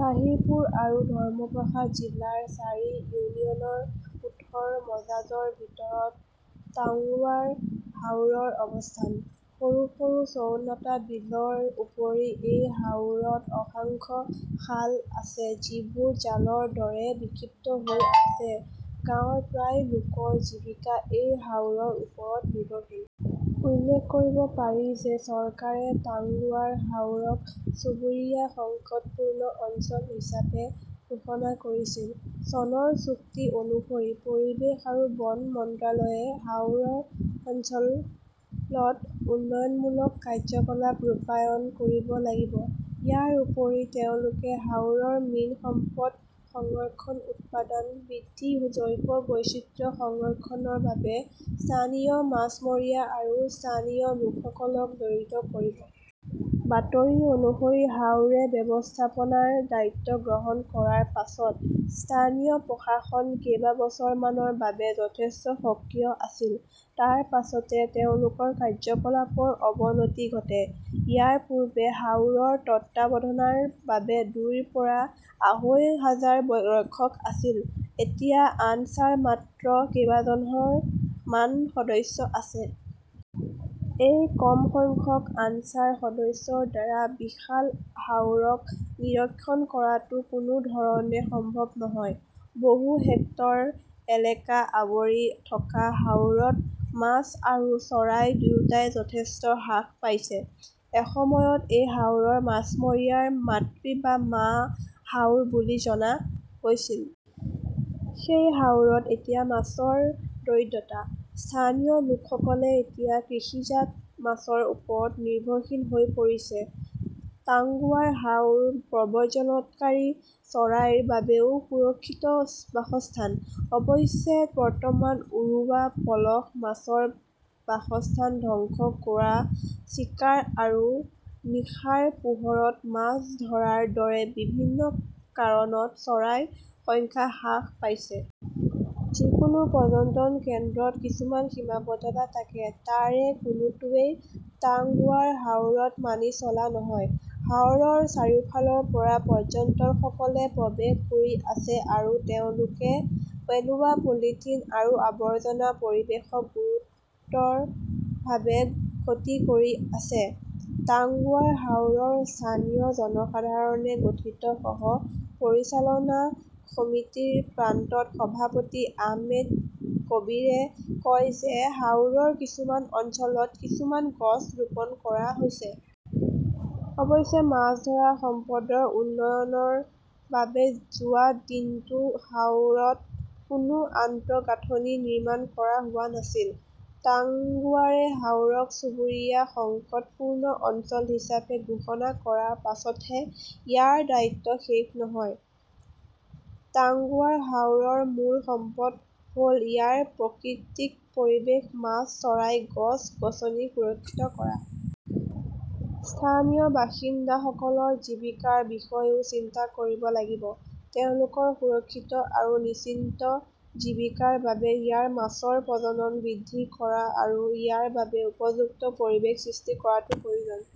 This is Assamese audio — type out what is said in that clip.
তাহিৰপুৰ আৰু ধৰ্মপাশা জিলাৰ চাৰি ইউনিয়নৰ ওঠৰ মজাজৰ ভিতৰত টাঙ্গুৱাৰ হাওৰৰ অৱস্থান। সৰু সৰু চৌৱান্নটা বিলৰ উপৰি এই হাওৰত অসংখ্য খাল আছে যিবোৰ জালৰ দৰে বিক্ষিপ্ত হৈ আছে। গাঁৱৰ প্ৰায় লোকৰ জীৱিকা এই হাওৰৰ ওপৰত নিৰ্ভৰশীল। উল্লেখ কৰিব পাৰি যে চৰকাৰে টাংগুৱাৰ হাওৰক চুবুৰীয়া সংকটপূৰ্ণ অঞ্চল হিচাপে ঘোষণা কৰিছিল। চনৰ চুক্তি অনুসৰি পৰিৱেশ আৰু বন মন্ত্ৰালয়ে হাওৰ অঞ্চলত উন্নয়নমূলক কাৰ্যকলাপ ৰূপায়ণ কৰিব লাগিব। ইয়াৰ উপৰি তেওঁলোকে হাওৰৰ মীন সম্পদ সংৰক্ষণ উৎপাদন বৃদ্ধি জৈৱ বৈচিত্ৰ্য সংৰক্ষণৰ বাবে স্থানীয় মাছমৰীয়া আৰু স্থানীয় লোকসকলক জড়িত কৰিব। বাতৰি অনুসৰি হাওৰে ব্যৱস্থাপনাৰ দায়িত্ব গ্ৰহণ কৰাৰ পাছত স্থানীয় প্ৰশাসন কেইবছৰমানৰ বাবে যথেষ্ট সক্ৰিয় আছিল। তাৰ পাছতে তেওঁলোকৰ কাৰ্যকলাপৰ অৱনতি ঘটে। ইয়াৰ পূৰ্বে হাওৰৰ তত্বাৱধানৰ বাবে দুইৰ পৰা আঢ়ৈ হাজাৰ ৰক্ষক আছিল। এতিয়া আনছাৰ মাত্ৰ কেইজনজন মান সদস্য আছে। এই কম সংখ্যক আনছাৰ সদস্যৰ দ্বাৰা বিশাল হাওৰক নিৰীক্ষণ কৰাটো কোনো ধৰণে সম্ভৱ নহয়। বহু হেক্টৰ এলেকা আৱৰি থকা হাওৰত মাছ আৰু চৰাই দুয়োটাই যথেষ্ট হ্ৰাস পাইছে। এসময়ত এই হাওৰক মাছমৰীয়াৰ মাতৃ বা মা হাওৰ বুলি জনা গৈছিল। সেই হাওৰত এতিয়া মাছৰ দৰিদ্ৰতা। স্থানীয় লোকসকলে এতিয়া কৃষিজাত মাছৰ ওপৰত নিৰ্ভৰশীল হৈ পৰিছে। টাংগুৱাৰ হাওৰ প্ৰব্ৰজনকাৰী চৰাইৰ বাবেও সুৰক্ষিত বাসস্থান। অৱশ্যে বৰ্তমান উৰুৱা পলস মাছৰ বাসস্থান ধ্বংস কৰা চিকাৰ কৰা আৰু নিশাৰ পোহৰত মাছ ধৰাৰ দৰে বিভিন্ন কাৰণত চৰাইৰ সংখ্যা হ্ৰাস পাইছে। যিকোনো পৰ্যটন কেন্দ্ৰত কিছুমান সীমাবদ্ধতা থাকে তাৰে কোনোটোৱেই টাংগুৱাৰ হাওৰত মানি চলা নহয়। হাৱাৰৰ চাৰিওফালৰ পৰা পৰ্যটকসকলে প্ৰৱেশ কৰি আছে আৰু তেওঁলোকে পেলোৱা পলিথিন আৰু আৱৰ্জনা পৰিৱেশক গুৰুতৰভাৱে ক্ষতি কৰি আছে। টাংগুৱাৰ হাওৰৰ স্থানীয় জনসাধাৰণৰে গঠিত সহ পৰিচালনা সমিতিৰ প্ৰাক্তন সভাপতি আহমেদ কবীৰে কয় যে হাওৰৰ কিছুমান অঞ্চলত কিছুমান গছ ৰোপণ কৰা হৈছে। অৱশ্যে মাছ ধৰা সম্পদৰ উন্নয়নৰ বাবে যোৱা দিনটোত হাওৰত কোনো আন্তঃগাঁথনি নিৰ্মাণ কৰা হোৱা নাছিল। টাংগুৱাৰে হাওৰক চুবুৰীয়া সংকটপূৰ্ণ অঞ্চল হিচাপে ঘোষণা কৰাৰ পাছতহে ইয়াৰ দায়িত্ব শেষ নহয়। টাংগুৱাৰ হাওৰৰ মূল সম্পদ হ'ল ইয়াৰ প্ৰাকৃতিক পৰিৱেশ মাছ চৰাই গছ গছনি সুৰক্ষিত কৰা। স্থানীয় বাসিন্দাসকলৰ জীৱিকাৰ বিষয়েও চিন্তা কৰিব লাগিব। তেওঁলোকৰ সুৰক্ষিত আৰু নিশ্চিত জীৱিকাৰ বাবে ইয়াত মাছৰ প্ৰজনন বৃদ্ধি কৰা আৰু ইয়াৰ বাবে উপযুক্ত পৰিৱেশ সৃষ্টি কৰাটো প্ৰয়োজনীয়।